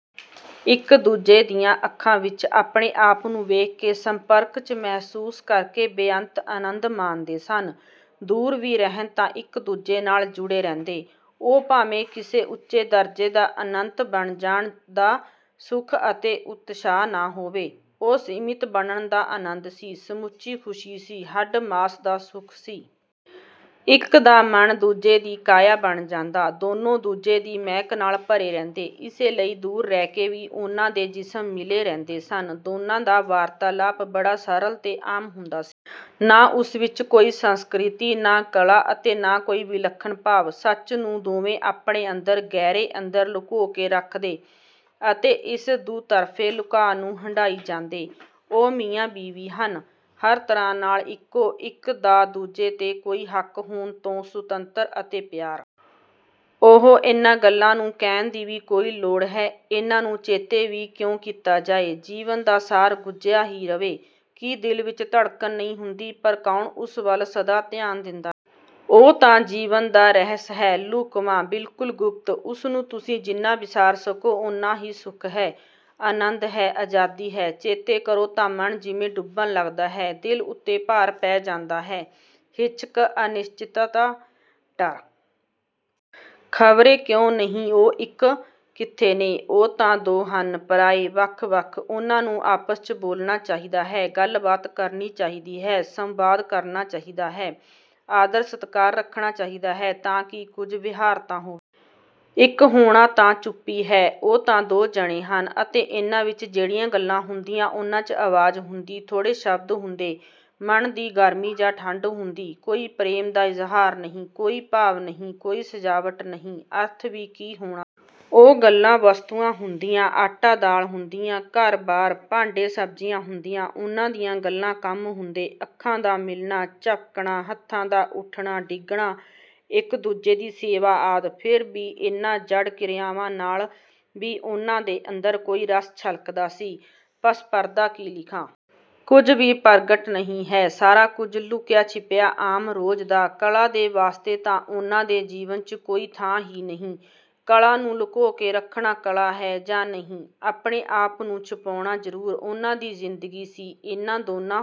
ਇੱਕ-ਦੂਜੇ ਦੀਆਂ ਅੱਖਾਂ ਵਿੱਚ ਆਪਣੇ-ਆਪ ਨੂੰ ਵੇਖ ਕੇ, ਸੰਪਰਕ 'ਚ ਮਹਿਸੂਸ ਕਰਕੇ ਬੇਅੰਤ ਅਨੰਦ ਮਾਣਦੇ ਸਨ। ਦੂਰ ਵੀ ਰਹਿਣ ਤਾਂ ਇੱਕ-ਦੂਜੇ ਨਾਲ ਜੁੜੇ ਰਹਿੰਦੇ। ਉਹ ਭਾਵੇਂ ਕਿਸੇ ਉੱਚੇ ਦਰਜੇ ਦਾ ਅਨੰਤ ਬਣ ਜਾਣ ਦਾ ਸੁੱਖ ਅਤੇ ਉਤਸ਼ਾਹ ਨਾ ਹੋਵੇ, ਉਹ ਸੀਮਿਤ ਬਣਨ ਦਾ ਅਨੰਦ ਸੀ, ਸਮੁਚੀ ਖੁਸ਼ੀ ਸੀ, ਹੱਡ-ਮਾਸ ਦਾ ਸੁੱਖ ਸੀ! ਇੱਕ ਦਾ ਮਨ ਦੂਜੇ ਦੀ ਕਾਇਆ ਬਣ ਜਾਂਦਾ, ਦੋਨੋ ਦੂਜੇ ਦੀ ਮਹਿਕ ਨਾਲ ਭਰੇ ਰਹਿੰਦੇ, ਇਸੇ ਲਈ ਦੂਰ ਰਹਿਕੇ ਵੀ ਉਨ੍ਹਾਂ ਦੇ ਜਿਸਮ ਮਿਲੇ ਰਹਿੰਦੇ ਸਨ। ਦੋਨਾਂ ਦਾ ਵਾਰਤਾਲਾਪ ਬੜਾ ਸਰਲ 'ਤੇ ਆਮ ਹੁੰਦਾ ਸੀ। ਨਾ ਉਸ ਵਿੱਚ ਕੋਈ ਸੰਸਕ੍ਰਿਤੀ, ਨਾ ਕਲਾ ਅਤੇ ਨਾ ਕੋਈ ਵਿਲੱਖਣ ਭਾਵ! ਸੱਚ ਨੂੰ ਦੋਵੇਂ ਆਪਣੇ ਅੰਦਰ, ਗਹਿਰੇ ਅੰਦਰ, ਲੁਕੋ ਕੇ ਰੱਖਦੇ ਅਤੇ ਇਸ ਦੁਤਰਫ਼ੇ ਲੁਕਾਅ ਨੂੰ ਹੰਢਾਈ ਜਾਂਦੇ। ਉਹ ਮੀਆਂ-ਬੀਵੀ ਹਨ, ਹਰ ਤਰ੍ਹਾਂ ਨਾਲ ਇੱਕੋ, ਇੱਕ ਦਾ ਦੂਜੇ 'ਤੇ ਕੋਈ ਹੱਕ ਹੋਣ ਤੋਂ ਸੁਤੰਤਰ, ਅਤੇ ਪਿਆਰ? ਓਹੋ! ਇਨਾ ਗੱਲਾਂ ਨੂੰ ਕਹਿਣ ਦੀ ਵੀ ਕੋਈ ਲੋੜ ਹੈ? ਇੰਨਾ ਨੂੰ ਚੇਤੇ ਵੀ ਕਿਓਂ ਕੀਤਾ ਜਾਏ? ਜੀਵਨ ਦਾ ਸਾਰ ਗੁਝਿਆ ਹੀ ਰਵੇ। ਕੀ ਦਿਲ ਵਿੱਚ ਧੜਕਣ ਨਹੀਂ ਹੁੰਦੀ? ਪਰ ਕੌਣ ਉਸ ਵੱਲ ਸਦਾ ਧਿਆਨ ਦਿੰਦਾ ਹੈ? ਉਹ ਤਾਂ ਜੀਵਨ ਦਾ ਰਹਿਸ ਹੈ; ਲੁਕਵਾਂ, ਬਿਲਕੁਲ ਗੁਪਤ। ਉਸਨੂੰ ਤੁਸੀ ਜਿੰਨਾ ਵਿਸਾਰ ਸਕੋ ਉਨ੍ਹਾਂ ਹੀ ਸੁੱਖ ਹੈ, ਅਨੰਦ ਹੈ, ਆਜ਼ਾਦੀ ਹੈ। ਚੇਤੇ ਕਰੋ ਤਾਂ ਮਨ ਜਿਵੇਂ ਡੁੱਬਣ ਲੱਗਦਾ ਹੈ, ਦਿਲ ਉੱਤੇ ਭਾਰ ਪੈ ਜਾਂਦਾ ਹੈ, ਹਿਚਕ, ਅਨਿਸ਼ਚਿਤਤਾ, ਡਰ... ਖਵਰੇ ਕਿਓਂ। ਨਹੀਂ, ਉਹ ਇੱਕ ਕਿੱਥੇ ਨੇ, ਉਹ ਤਾਂ ਦੋ ਹਨ, ਪਰਾਏ, ਵੱਖ-ਵੱਖ, ਉਨ੍ਹਾਂ ਨੂੰ ਆਪਸ 'ਚ ਬੋਲਣਾ ਚਾਹਿਦਾ ਹੈ, ਗੱਲ-ਬਾਤ ਕਰਨੀ ਚਾਹਿਦੀ ਹੈ, ਸੰਵਾਦ ਕਰਨਾ ਚਾਹਿਦਾ ਹੈ, ਆਦਰ-ਸਤਿਕਾਰ ਰੱਖਣਾ ਚਾਹਿਦਾ ਹੈ, ਤਾ ਕਿ ਕੁੱਝ ਵਿਹਾਰ ਤਾਂ ਹੋਵੇ। ਇੱਕ ਹੋਣਾ ਤਾਂ ਚੁੱਪੀ ਹੈ, ਉਹ ਤਾਂ ਦੋ ਜਣੇ ਹਨ ਅਤੇ ਇੰਨਾਂ ਵਿੱਚ ਜਿਹੜੀਆਂ ਗੱਲਾਂ ਹੁੰਦੀਆਂ, ਉਨ੍ਹਾਂ 'ਚ ਅਵਾਜ਼ ਹੁੰਦੀ, ਥੋੜੇ ਸ਼ਬਦ ਹੁੰਦੇ, ਮਨ ਦੀ ਗਰਮੀ ਜਾਂ ਠੰਡ ਹੁੰਦੀ। ਕੋਈ ਪ੍ਰੇਮ ਦਾ ਇਜ਼ਹਾਰ ਨਹੀਂ, ਕੋਈ ਭਾਵ ਨਹੀਂ, ਕੋਈ ਸਜਾਵਟ ਨਹੀਂ, ਅਰਥ ਵੀ ਕੀ ਹੋਣਾ ਸੀ? ਉਹ ਗੱਲਾਂ ਵਸਤੁਆਂ ਹੁੰਦੀਆਂ, ਆਟਾ-ਦਾਲ ਹੁੰਦੀਆਂ, ਘਰਬਾਰ, ਭਾਂਡੇ-ਸਬਜ਼ੀਆਂ ਹੁੰਦੀਆਂ। ਉਨ੍ਹਾਂ ਦੀਆਂ ਗੱਲਾਂ ਕੰਮ ਹੁੰਦੇ, ਅੱਖਾਂ ਦਾ ਮਿਲਣਾ, ਝਪਕਣਾ, ਹੱਥਾਂ ਦਾ ਉੱਠਣਾ-ਡਿੱਗਣਾ, ਇੱਕ-ਦੂਜੇ ਦੀ ਸੇਵਾ ਆਦਿ। ਫਿਰ ਵੀ, ਇੰਨਾ ਜੜ ਕਿਰਿਆਵਾਂ ਨਾਲ ਵੀ ਉਨ੍ਹਾਂ ਦੇ ਅੰਦਰ ਕੋਈ ਰਸ ਛਲਕਦਾ ਸੀ, ਪਸਪਰਦਾ ਕੀ ਲਿਖਾਂ? ਕੁੱਝ ਵੀ ਪਰਗਟ ਨਹੀਂ ਹੈ, ਸਾਰਾ ਕੁੱਝ ਲੁੱਕਿਆ-ਛੁੱਪਿਆ, ਆਮ, ਰੋਜ਼ ਦਾ। ਕਲਾ ਦੇ ਵਾਸਤੇ ਤਾਂ ਉਹਨਾਂ ਦੇ ਜੀਵਨ 'ਚ ਕੋਈ ਥ੍ਹਾਂ ਹੀ ਨਹੀਂ! ਕਲਾ ਨੂੰ ਲੁਕੋਕੇ ਰੱਖਣਾ ਕਲਾ ਹੈ ਜਾਂ ਨਹੀਂ, ਆਪਣੇ-ਆਪ ਨੂੰ ਛੁਪਾਣਾ ਜ਼ਰੂਰ ਉਨ੍ਹਾਂ ਦੀ ਜ਼ਿੰਦਗੀ ਸੀ। ਇੰਨਾ ਦੋਨਾਂ